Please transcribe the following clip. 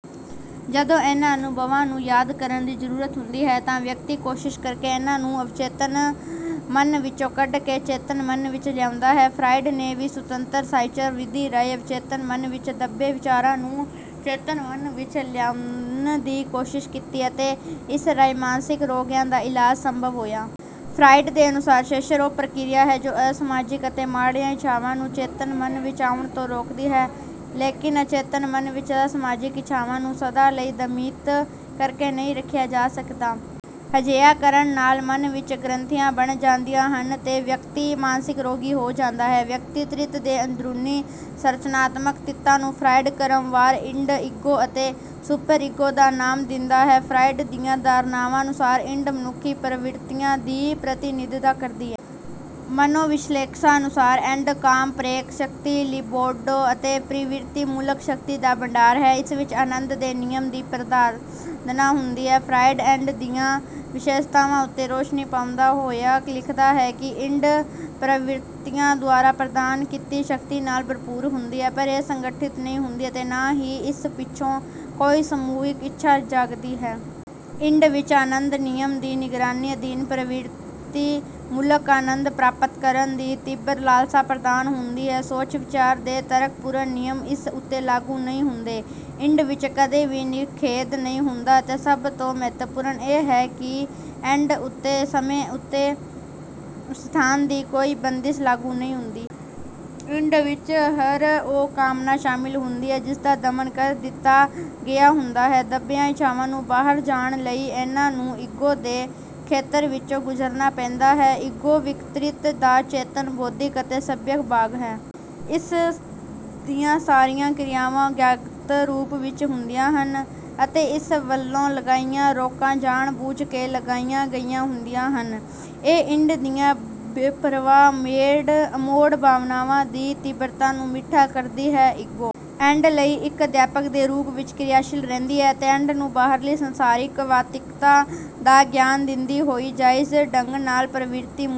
ਜਦੋਂ ਇਨ੍ਹਾਂ ਅਨੁਭਵਾਂ ਨੂੰ ਯਾਦ ਕਰਨ ਦੀ ਜ਼ਰੂਰਤ ਹੁੰਦੀ ਹੈ ਤਾਂ ਵਿਅਕਤੀ ਕੋਸ਼ਿਸ਼ ਕਰਕੇ ਇਨ੍ਹਾਂ ਨੂੰ ਅਵਚੇਤਨ ਮਨ ਵਿੱਚੋਂ ਕੱਢ ਕੇ ਚੇਤਨ ਮਨ ਵਿੱਚ ਲਿਆਉਂਦਾ ਹੈ। ਫਰਾਇਡ ਨੇ ਵੀ ਸੁਤੰਤਰ-ਸਹਿਚਾਰ ਵਿਧੀ ਰਾਹੀਂ ਅਵਚੇਤਨ ਮਨ ਵਿੱਚ ਦੱਬੇ ਵਿਚਾਰਾਂ ਨੂੰ ਚੇਤਨ ਮਨ ਵਿੱਚ ਲਿਆਉਣ ਦੀ ਕੋਸ਼ਿਸ਼ ਕੀਤੀ ਅਤੇ ਇਸ ਰਾਹੀਂ ਮਾਨਸਿਕ ਰੋਗੀਆਂ ਦਾ ਇਲਾਜ ਸੰਭਵ ਹੋਇਆ। ਫਰਾਇਡ ਦੇ ਅਨੁਸਾਰ, "ਸੈਂਸਰ ਉਹ ਪ੍ਰਕਿਰਿਆ ਹੈ ਜੋ ਅਸਮਾਜਿਕ ਅਤੇ ਮਾੜੀਆਂ ਇੱਛਾਵਾਂ ਨੂੰ ਚੇਤਨ ਮਨ ਵਿੱਚ ਆਉਣ ਤੋਂ ਰੋਕਦੀ ਹੈ।" ਲੇਕਿਨ ਅਚੇਤਨ ਮਨ ਵਿੱਚ ਅਸਮਾਜਿਕ ਇੱਛਾਵਾਂ ਨੂੰ ਸਦਾ ਲਈ ਦਮਿਤ ਕਰਕੇ ਨਹੀਂ ਰੱਖਿਆ ਜਾ ਸਕਦਾ। ਅਜਿਹਾ ਕਰਨ ਨਾਲ ਮਨ ਵਿੱਚ ਗ੍ਰੰਥੀਆਂ ਬਣ ਜਾਂਦੀਆਂ ਹਨ ਤੇ ਵਿਅਕਤੀ ਮਾਨਸਿਕ ਰੋਗੀ ਹੋ ਜਾਂਦਾ ਹੈ। ਵਿਅਕਤਿਤ੍ਵ ਦੇ ਅੰਦਰੂਨੀ ਸੰਰਚਨਾਤਮਕ ਤੱਤਾਂ ਨੂੰ ਫਰਾਇਡ ਕ੍ਰਮਵਾਰ 'ਇਡ', 'ਈਗੋ' ਅਤੇ 'ਸੁਪਰ-ਈਗੋ' ਦਾ ਨਾਮ ਦਿੰਦਾ ਹੈ। ਫਰਾਇਡ ਦੀਆਂ ਧਾਰਨਾਵਾਂ ਅਨੁਸਾਰ 'ਇਡ' ਮਨੁੱਖੀ ਪ੍ਰਵਿਰਤੀਆਂ ਦੀ ਪ੍ਰਤੀਨਿਧਤਾ ਕਰਦੀ ਹੈ। ਮਨੋਵਿਸ਼ਲੇਸ਼ਕਾਂ ਅਨੁਸਾਰ 'ਇਡ' ਕਾਮ-ਪ੍ਰੇਰਕ ਸ਼ਕਤੀ 'ਲਿਬਿਡੋ' ਅਤੇ ਪ੍ਰਵਿਰਤੀ-ਮੂਲਕ ਸ਼ਕਤੀ ਦਾ ਭੰਡਾਰ ਹੈ। ਇਸ ਵਿੱਚ ਆਨੰਦ ਦੇ ਨਿਯਮ ਦੀ ਪ੍ਰਧਾਨਤਾ ਹੁੰਦੀ ਹੈ। ਫਰਾਇਡ 'ਇਡ' ਦੀਆਂ ਵਿਸ਼ੇਸ਼ਤਾਵਾਂ ਉੱਤੇ ਰੋਸ਼ਨੀ ਪਾਉਂਦਾ ਹੋਇਆ ਲਿਖਦਾ ਹੈ ਕਿ 'ਇਡ' ਪ੍ਰਵਿਰਤੀਆਂ ਦੁਆਰਾ ਪ੍ਰਦਾਨ ਕੀਤੀ ਸ਼ਕਤੀ ਨਾਲ ਭਰਪੂਰ ਹੁੰਦੀ ਹੈ ਪਰ ਇਹ ਸੰਗਠਿਤ ਨਹੀਂ ਹੁੰਦੀ ਅਤੇ ਨਾ ਹੀ ਇਸ ਵਿੱਚੋਂ ਕੋਈ ਸਮੂਹਿਕ ਇੱਛਾ ਜਾਗਦੀ ਹੈ। 'ਇਡ' ਵਿੱਚ ਆਨੰਦ-ਨਿਯਮ ਦੀ ਨਿਗਰਾਨੀ ਅਧੀਨ ਪ੍ਰਵਿਰਤੀ-ਮੂਲਕ ਆਨੰਦ ਪ੍ਰਾਪਤ ਕਰਨ ਦੀ ਤੀਬਰ ਲਾਲਸਾ ਪ੍ਰਧਾਨ ਹੁੰਦੀ ਹੈ। ਸੋਚ-ਵਿਚਾਰ ਦੇ ਤਰਕਪੂਰਨ ਨਿਯਮ ਇਸ ਉੱਤੇ ਲਾਗੂ ਨਹੀਂ ਹੁੰਦੇ। 'ਇਡ' ਵਿੱਚ ਕਦੇ ਵੀ ਨਿਖੇਧ ਨਹੀਂ ਹੁੰਦਾ ਅਤੇ ਸਭ ਤੋਂ ਮਹੱਤਵਪੂਰਨ ਇਹ ਹੈ ਕਿ 'ਇਡ' ਉੱਤੇ ਸਮੇਂ ਅਤੇ ਸਥਾਨ ਦੀ ਕੋਈ ਬੰਦਿਸ਼ ਲਾਗੂ ਨਹੀਂ ਹੁੰਦੀ। 'ਇਡ' ਵਿੱਚ ਹਰ ਉਹ ਕਾਮਨਾ ਸ਼ਾਮਿਲ ਹੁੰਦੀ ਹੈ ਜਿਸਦਾ ਦਮਨ ਕਰ ਦਿੱਤਾ ਗਿਆ ਹੁੰਦਾ ਹੈ। ਦੱਬੀਆਂ ਇੱਛਾਵਾਂ ਨੂੰ ਬਾਹਰ ਜਾਣ ਲਈ ਇਨ੍ਹਾਂ ਨੂੰ 'ਈਗੋ' ਦੇ ਖੇਤਰ ਵਿੱਚੋਂ ਗੁਜ਼ਰਨਾ ਪੈਂਦਾ ਹੈ। 'ਈਗੋ' ਵਿਅਕਤਿਤ੍ਵ ਦਾ ਚੇਤਨ, ਬੌਧਿਕ ਅਤੇ ਸੱਭਿਅਕ ਭਾਗ ਹੈ। ਇਸ ਦੀਆਂ ਸਾਰੀਆਂ ਕ੍ਰਿਆਵਾਂ ਗਿਆਤ ਰੂਪ ਵਿੱਚ ਹੁੰਦੀਆਂ ਹਨ ਅਤੇ ਇਸ ਵੱਲੋਂ ਲਗਾਈਆਂ ਰੋਕਾਂ ਜਾਣ-ਬੁੱਝ ਕੇ ਲਗਾਈਆਂ ਗਈਆਂ ਹੁੰਦੀਆਂ ਹਨ। ਇਹ 'ਇਡ' ਦੀਆਂ ਬੇਪ੍ਰਵਾਹ, ਅਮੋੜ ਭਾਵਨਾਵਾਂ ਦੀ ਤੀਬਰਤਾ ਨੂੰ ਮੱਠਾ ਕਰਦੀ ਹੈ। 'ਈਗੋ', 'ਇਡ' ਲਈ ਇੱਕ ਅਧਿਆਪਕ ਦੇ ਰੂਪ ਵਿੱਚ ਕ੍ਰਿਆਸ਼ੀਲ ਰਹਿੰਦੀ ਹੈ ਅਤੇ 'ਇਡ' ਨੂੰ ਬਾਹਰਲੀ ਸੰਸਾਰਿਕ ਵਾਸਤਵਿਕਤਾ ਦਾ ਗਿਆਨ ਦਿੰਦੀ ਹੋਈ ਜ਼ਾਇਜ਼ ਢੰਗ ਨਾਲ ਪ੍ਰਵਿਰਤੀ-ਮੂਲਕ